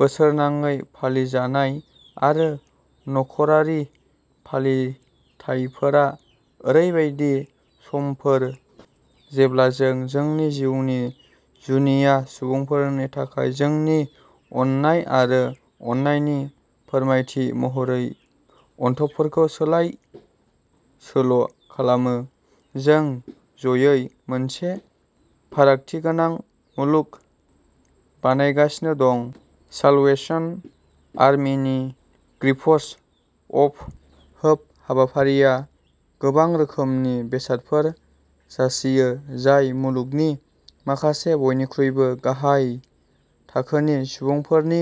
बोसोरनाङै फालिजानाय आरो नखरारि फालिथायफोरा ओरैबायदि समफोर जेब्ला जों जोंनि जिउनि जुनिया सुबुंफोरनि थाखाय जोंनि अननाय आरो अननायनि फोरमायथि महरै अनथोबफोरखौ सोलाय-सोल' खालामो। जों जयै मोनसे फारागथि गोनां मुलुग बानायगासिनो दं। साल्वेसन आर्मीनि गिफ्ट्स अफ होप हाबाफारिया गोबां रोखोमनि बेसादफोर जासियो जाय मुलुगनि माखासे बयनिख्रुइबो गाहाय थाखोनि सुबुंफोरनि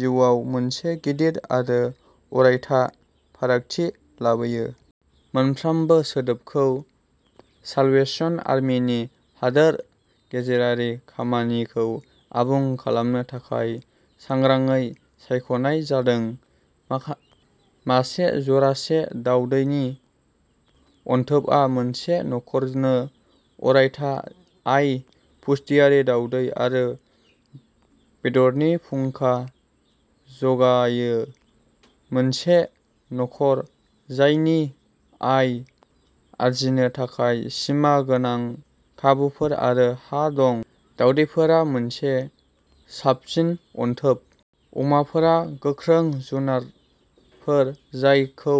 जिउआव मोनसे गिदिर आरो अरायथा फारागथि लाबोयो। मोनफ्रोमबो बेसादखौ साल्वेसन आर्मीनि हादोर गेजेरारि खामानिखौ आबुं खालामनो थाखाय सांग्राङै सायख'नाय जादों। माखा मासे जरासे दावदैनि अनथोबआ मोनसे नखरनो अरायथा आय, पुष्टियारि दावदै आरो बेदरनि फुंखा जगायो। मोनसे नखर जायनि आय आर्जिनो थाखाय सिमा गोनां खाबुफोर आरो हा दं, दावदैफोरा मोनसे साबसिन अनथोब। अमाफोरा गोख्रों जुनारफोर जायखौ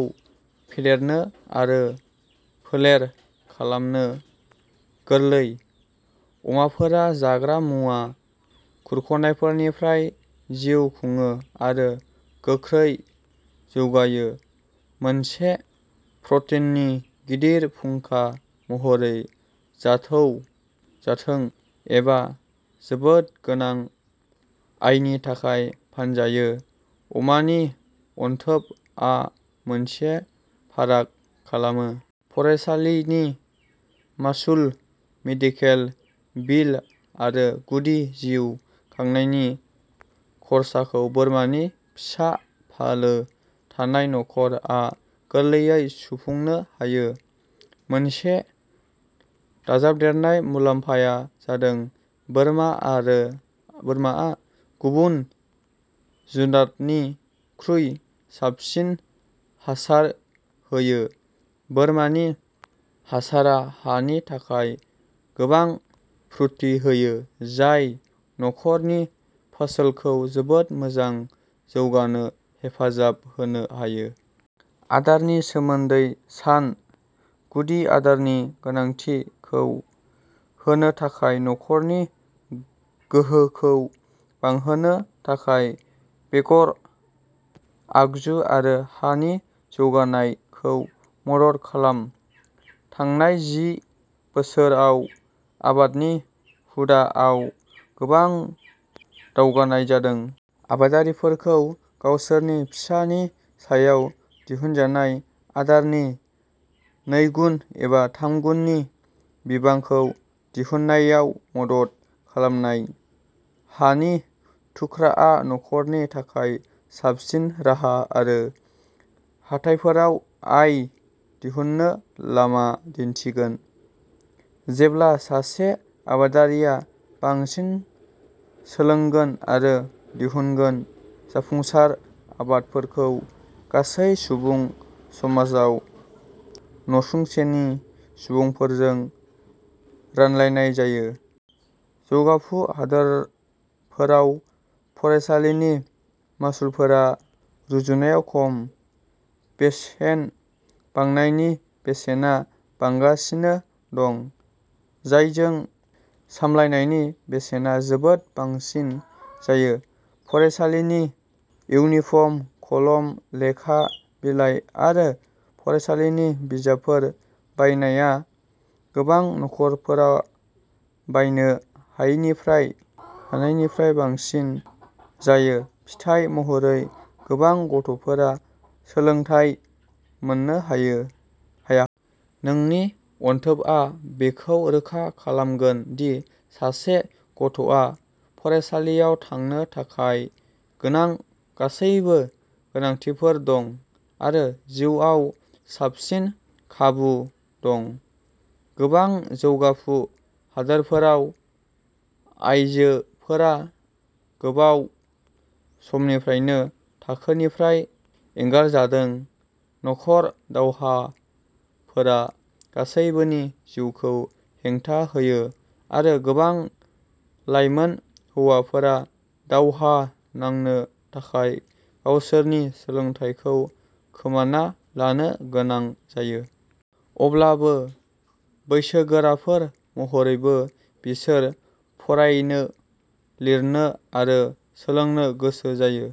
फेदेरनो आरो फोलेर खालामनो गोरलै। अमाफोरा जाग्रा मुवा खुरख'नायफोरनिफ्राय जिउ खुङो आरो गोख्रै जौगायो। मोनसे प्रटिननि गिदिर फुंखा महरै जाथौ जाथों एबा जोबोद गोनां आयनि थाखाय फानजायो, अमा नि अनथोब आ मोनसे फाराग खालामो। फरायसालि नि मासुल, मेडिकेल बिल आरो गुदि जिउ खांनायनि खर्साखौ बोरमा नि फिसा फालो थानाय नखर आ गोरलैयै सुफुंनो हायो। मोनसे दाजाबदेरनाय मुलाम्फाया जादों बोरमा आरो बोरमा आ गुबुन जुनार निख्रुइ साबसिन हासार होयो। बोरमा नि हासारा हानि थाखाय गोबां पुष्टि होयो, जाय नखर नि फसल खौ जोबोद मोजां जौगानो हेफाजाब होनो हायो। आदार नि सोमोन्दै सान। गुदि आदार नि गोनांथि खौ होनो थाखाय नखर नि गोहोखौ बांहोनो थाखाय बेगर, आगजु आरो हा नि जौगानाय खौ मदद खालाम। थांनाय जि बोसोर आव आबाद नि हुदा आव गोबां दावगानाय जादों। आबादारिफोरखौ गावसोरनि फिसा नि सायाव दिहुनजानाय आदार नि नैगुन एबा थाम गुन नि बिबां खौ दिहुन्नायाव मदद खालामनाय। हानि थुख्राआ नखरनि थाखाय साबसिन राहा आरो हाथाइफोराव आय दिहुन्नो लामा दिन्थिगोन। जेब्ला सासे आबादारिया बांसिन सोलोंगोन आरो दिहुनगोन जाफुंसार आदबफोरखौ गासै सुबुं समाजाव नसुंसेनि सुबुंफोरजों रानलायनाय जायो। जौगाफु हादोरफोराव फरायसालिनि मासुलफोरा रुजुनायाव खम, बेसेन बांनायनि बेसेना बांगासिनो दं, जायजों सामलायनायनि बेसेना जोबोद बांसिन जायो। फरायसालिनि इउनिफर्म, कलम, लेखा बिलाइ आरो फरायसालिनि बिजाबफोर बायनाया गोबां नखरफोरा बायनो हायैनिफ्राय हानायनिफ्राय बांसिन जायो। फिथाय महरै, गोबां गथ'फोरा सोलोंथाय मोननो हायो हाया। नोंनि अनथोबआ बेखौ रोखा खालामगोन दि सासे गथ'आ फरायसालियाव थांनो थाखाय गोनां गासैबो गोनांथिफोर दं आरो जिउआव साबसिन खाबु दं। गोबां जौगाफु हादोरफोराव आयजोफोरा गोबाव समनिफ्रायनो थाखोनिफ्राय एंगारजादों। नखर दावहाफोरा गासैबोनि जिउखौ हेंथा होयो, आरो गोबां लाइमोन हौवाफोरा दावहा नांनो थाखाय गावसोरनि सोलोंथायखौ खोमाना लानो गोनां जायो। अब्लाबो, बैसोगोराफोर महरैबो बिसोर फरायनो, लिरनो आरो सोलोंनो गोसो जायो।